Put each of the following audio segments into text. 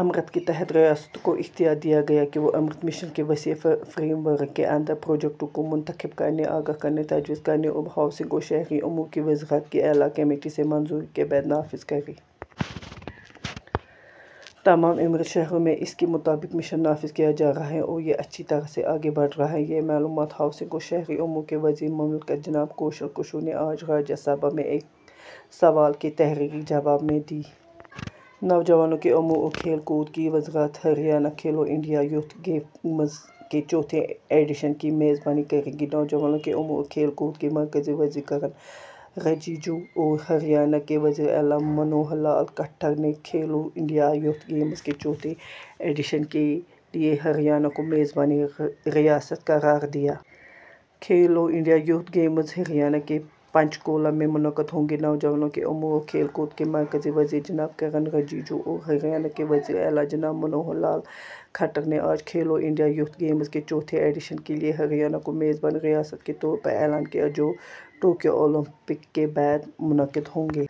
امرت کے تحت، ریاستوں کو اختیار دیا گیا ہے کہ وہ امرت مشن کے وسیع فریم ورک کے اندر پروجیکٹوں کو منتخب کرنے، آگاہ کرنے، تجویز کرنے اور ہاؤسنگ اور شہری امور کی وزارت کی اعلیٰ کمیٹی سے منظوری کے بعد نافذ کریں۔ تمام امرت شہروں میں اسی کے مطابق مشن نافذ کیا جا رہا ہے اور یہ اچھی طرح سے آگے بڑھ رہا ہے۔ یہ معلومات ہاؤسنگ اور شہری امور کے وزیر مملکت جناب کوشل کشور نے آج راجیہ سبھا میں ایک سوال کے تحریری جواب میں دی۔ نوجوانوں کے امور اور کھیل کود کی وزارت Haryana Khelo India youth games کے چوتھے ایڈیشن کی میزبانی کرے گی۔ نوجوانوں کے امور اور کھیل کود کے مرکزی وزیر کرن رجیجو اور ہریانہ کے وزیر اعلیٰ منوہر لال کھٹر نے کھیلو انڈیا یوتھ گیمز کے چوتھے ایڈیشن کے لیے ہریانہ کو میزبان ریاست قرار دیا۔ Khelo India youth games Haryana کے پنچکولہ میں منعقد ہوں گے۔ نوجوانوں کے امور اور کھیل کود کے مرکزی وزیر جناب کرن رجیجو اور ہریانہ کے وزیر اعلیٰ جناب منوہر لال کھٹر نے آج کھیلو انڈیا یوتھ گیمز کے چوتھے ایڈیشن کے لیے ہریانہ کو میزبان ریاست کے طور پر اعلان کیا، جو ٹوکیو اولمپک کے بعد منعقد ہوں گے۔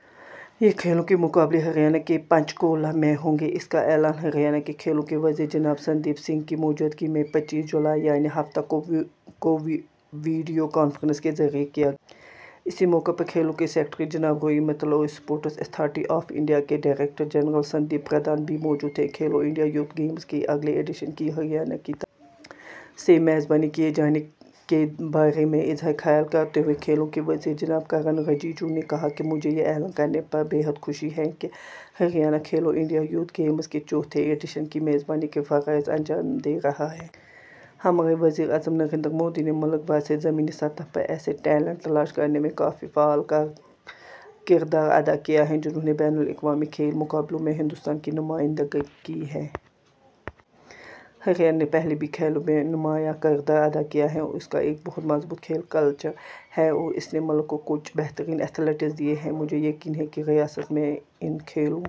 یہ کھیلوں کے مقابلے ہریانہ کے پنچکولہ میں ہوں گے۔ اس کا اعلان ہریانہ کے کھیلوں کے وزیر جناب سندیپ سنگھ کی موجودگی میں پچیس جولائی یعنی ہفتہ کو ویڈیو کانفرنس کے ذریعے کیا گیا۔ اس موقع پر کھیلوں کے سکریٹری جناب روی متل اور اسپورٹس اتھارٹی آف انڈیا کے ڈائریکٹر جنرل سندیپ پردھان بھی موجود تھے۔ کھیلو انڈیا یوتھ گیمز کے اگلے ایڈیشن کی ہریانہ کی طرف سے میزبانی کیے جانے کے بارے میں اظہار خیال کرتے ہوئے کھیلوں کے وزیر جناب کرن رجیجو نے کہا کہ مجھے یہ اعلان کرنے پر بے حد خوشی ہے کہ Haryana Khelo India youth games کے چوتھے ایڈیشن کی میزبانی کے فرائض انجام دے رہا ہے۔ ہمارے وزیر اعظم نریندر مودی نے ملک بھر سے زمینی سطح پر ایسے ٹیلنٹ تلاش کرنے میں کافی فعال کردار ادا کیا ہے، جنہوں نے بین الاقوامی کھیل مقابلوں میں ہندوستان کی نمائندگی کی ہے۔ ہریانہ نے پہلے ہی کھیلوں میں نمایاں کردار ادا کیا ہے اور اس کا ایک بہت مضبوط کھیل کلچر ہے اور اس نے ملک کو کچھ بہترین ایتھلیٹس دیے ہیں۔ مجھے یقین ہے کہ ریاست میں ان کھیلوں…